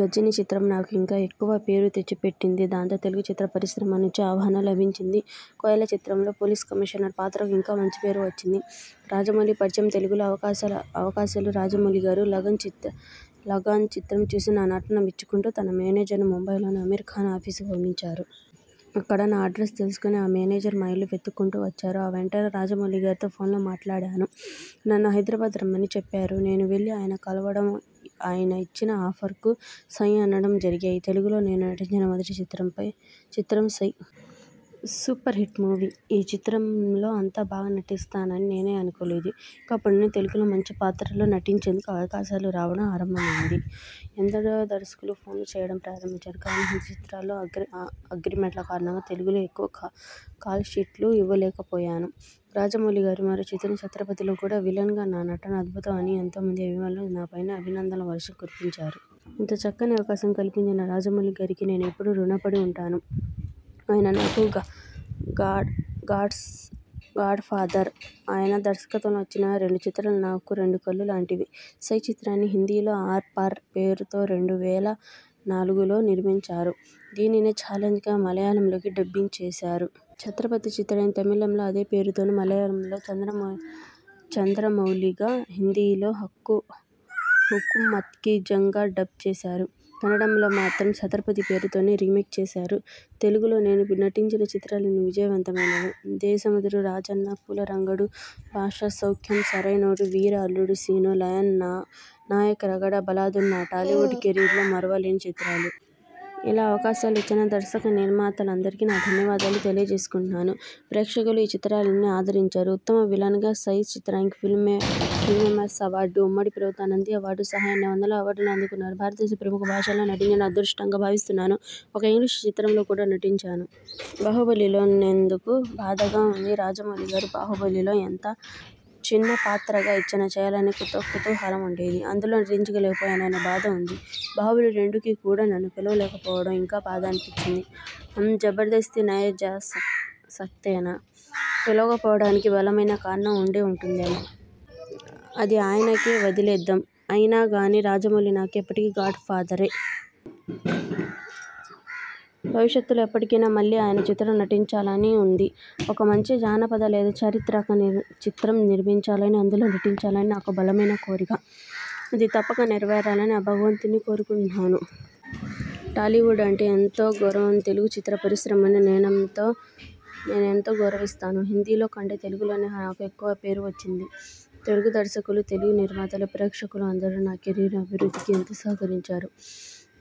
గజని చిత్రం నాకు ఇంకా ఎక్కువ పేరు తెచ్చిపెట్టింది. దాంతో తెలుగు చిత్ర పరిశ్రమ నుంచి ఆహ్వానం లభించింది. కోయల చిత్రంలో పోలీస్ కమీషనర్ పాత్రకు ఇంకా మంచిపేరు వచ్చింది. రాజమౌళి పరిచయం తెలుగులో అవకాశాలురాజమౌళిగారు లగాన్ చిత్రం చూసి నా నటన మెచ్చుకుంటూ తన మేనేజర్ను ముంబయిలోని అమీర్ఖాన్ ఆఫీసుకు పంపించారు. అక్కడ నా అడ్రస్ తెలుసుకుని ఆ మేనేజర్ మా ఇల్లు వెతుక్కుంటూ వచ్చారు. ఆ వెంటనే రాజమౌళిగారితో ఫోన్లో మాట్లాడాను. నన్ను హైదరాబాద్ రమ్మని చెప్పారు. నేను వెళ్లి ఆయన కలవడం, ఆయిన ఇచ్చిన ఆఫర్కు 'సై' అనడం జరిగాయి. తెలుగులో నేను నటించిన మొదటి చిత్రం 'సై'. Superhit movie. ఈ చిత్రంలో అంత బాగా నటిస్తానని నేనే అనుకోలేదు. ఇక అప్పటినుండి తెలుగులో మంచిపాత్రల్లో నటించేందుకు అవకాశాలు రావడం ఆరంభమైంది. ఎందరో దర్శకులు ఫోన్లు చేయడం ప్రారంభించారు. కానీ హిందీ చిత్రాల్లో అగ్రిమెంట్ల కారణంగా తెలుగులో ఎక్కువ కాల్షీట్లు ఇవ్వలేకపోయాను. రాజమౌళిగారి మరో చిత్రం 'ఛత్రపతి'లో కూడా విలన్గా నా నటన అద్భుతం అని ఎంతోమంది అభిమానులు నాపైన అభినందనల వర్షం కురిపించారు. ఇంత చక్కని అవకాశం కల్పించిన రాజమౌళిగారికి నేను ఎప్పుడూ రుణపడి ఉంటాను. ఆయన నాకు గాడ్ఫాదర్. ఆయన దర్శకత్వంలో వచ్చిన రెండు చిత్రాలూ నాకు రెండు కళ్ళులాంటివి. సై చిత్రాన్ని హిందీలో 'ఆర్–పార్' పేరుతోరెండు వేల నాలుగు లో నిర్మించారు. దీనినే 'ఛాలెంజ్' గా మలయాళంలోకి డబ్బింగ్ చేశారు. ఛత్రపతి చిత్రాన్ని తమిళంలో అదే పేరుతోనూ, మలయాళంలో 'చంద్రమౌళి'గా హిందీలో హుకూమత్కి జంగ్ గా డబ్ చేశారు. కన్నడంలో మాత్రం 'ఛత్రపతి' పేరుతోనే రీమేక్ చేశారు. తెలుగులో నేను నటించిన చిత్రాలన్నీ విజయవంతమైనవే. దేశముదురు, రాజన్న, పూలరంగడు, బాద్షా, సౌఖ్యం, సరైనోడు, వీర, అల్లుడుశీను, లయన్, నాయక్, రగడ, బలదూర్ నా టాలీవుడ్ కెరీర్లో మరువలేని చిత్రాలు. ఇలా అవకాశాలు ఇచ్చిన దర్శకనిర్మాతలందరికీ నా ధన్యవాదాలు తెలియజేసుకుంటున్నాను. ప్రేక్షకులు ఈ చిత్రాలన్నీ ఆదరించారు. ఉత్తమ విలన్గా 'సై' చిత్రానికి ఫిలిమ్ఫేర్ అవార్డు, ఉమ్మడి ప్రభుత్వ నంది అవార్డు సహా ఎన్నో వందల అవార్డులు అందుకున్నాను. భారతదేశ ప్రముఖ భాషల్లో నటించడం అదృష్టంగా భావిస్తున్నాను. ఒక ఇంగ్లీషు చిత్రంలో కూడా నటించాను. బాహుబలిలోలేనందుకు బాధగా ఉందిరాజమౌళిగారి బాహుబలి లో ఎంత చిన్న పాత్ర ఇచ్చినా చేయాలనే కుతూహలం ఉండేది. అందులో నటించలేకపోయాననే బాధ ఉంది. బాహుబలి రెండు కి కూడా నన్ను పిలవకపోవడం ఇంకా బాధ అనిపించింది. హమ్ జబర్దస్తీ నయ్ జా సక్తేనా. పిలవకపోవడానికి బలమైన కారణం ఉండే ఉంటుందేమో! అది ఆయనకే వదిలేద్దాం. అయినా గానీ రాజమౌళి నాకు ఎప్పటికీ గాడ్ ఫాదరే. భవిష్యత్తులో ఎప్పటికైనా మళ్ళీ ఆయన చిత్రంలో నటించాలని ఉంది. ఒక మంచి జానపద లేదా చారిత్రక చిత్రం నిర్మించాలనీ, అందులో నటించాలనీ నాకో బలమైన కోరిక. అది తప్పక నెరవేరాలని ఆ భగవంతుణ్ణి కోరుకుంటున్నాను. టాలీవుడ్ అంటే ఎంతో గౌరవంతెలుగు చిత్ర పరిశ్రమను నేనెంతో గౌరవిస్తాను. హిందీలో కంటే తెలుగులోనే నాకు ఎక్కువ పేరు వచ్చింది. తెలుగు దర్శకులు, తెలుగు నిర్మాతలు, ప్రేక్షకులు అందరూ నా కెరీర్ అభివృద్ధికి ఎంతో సహకరించారు.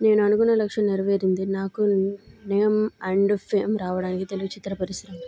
నేను అనుకున్న లక్ష్యం నెరవేరింది. నాకు నేమ్ అండ్ ఫేమ్ రావడానికి తెలుగు చిత్ర పరిశ్రమే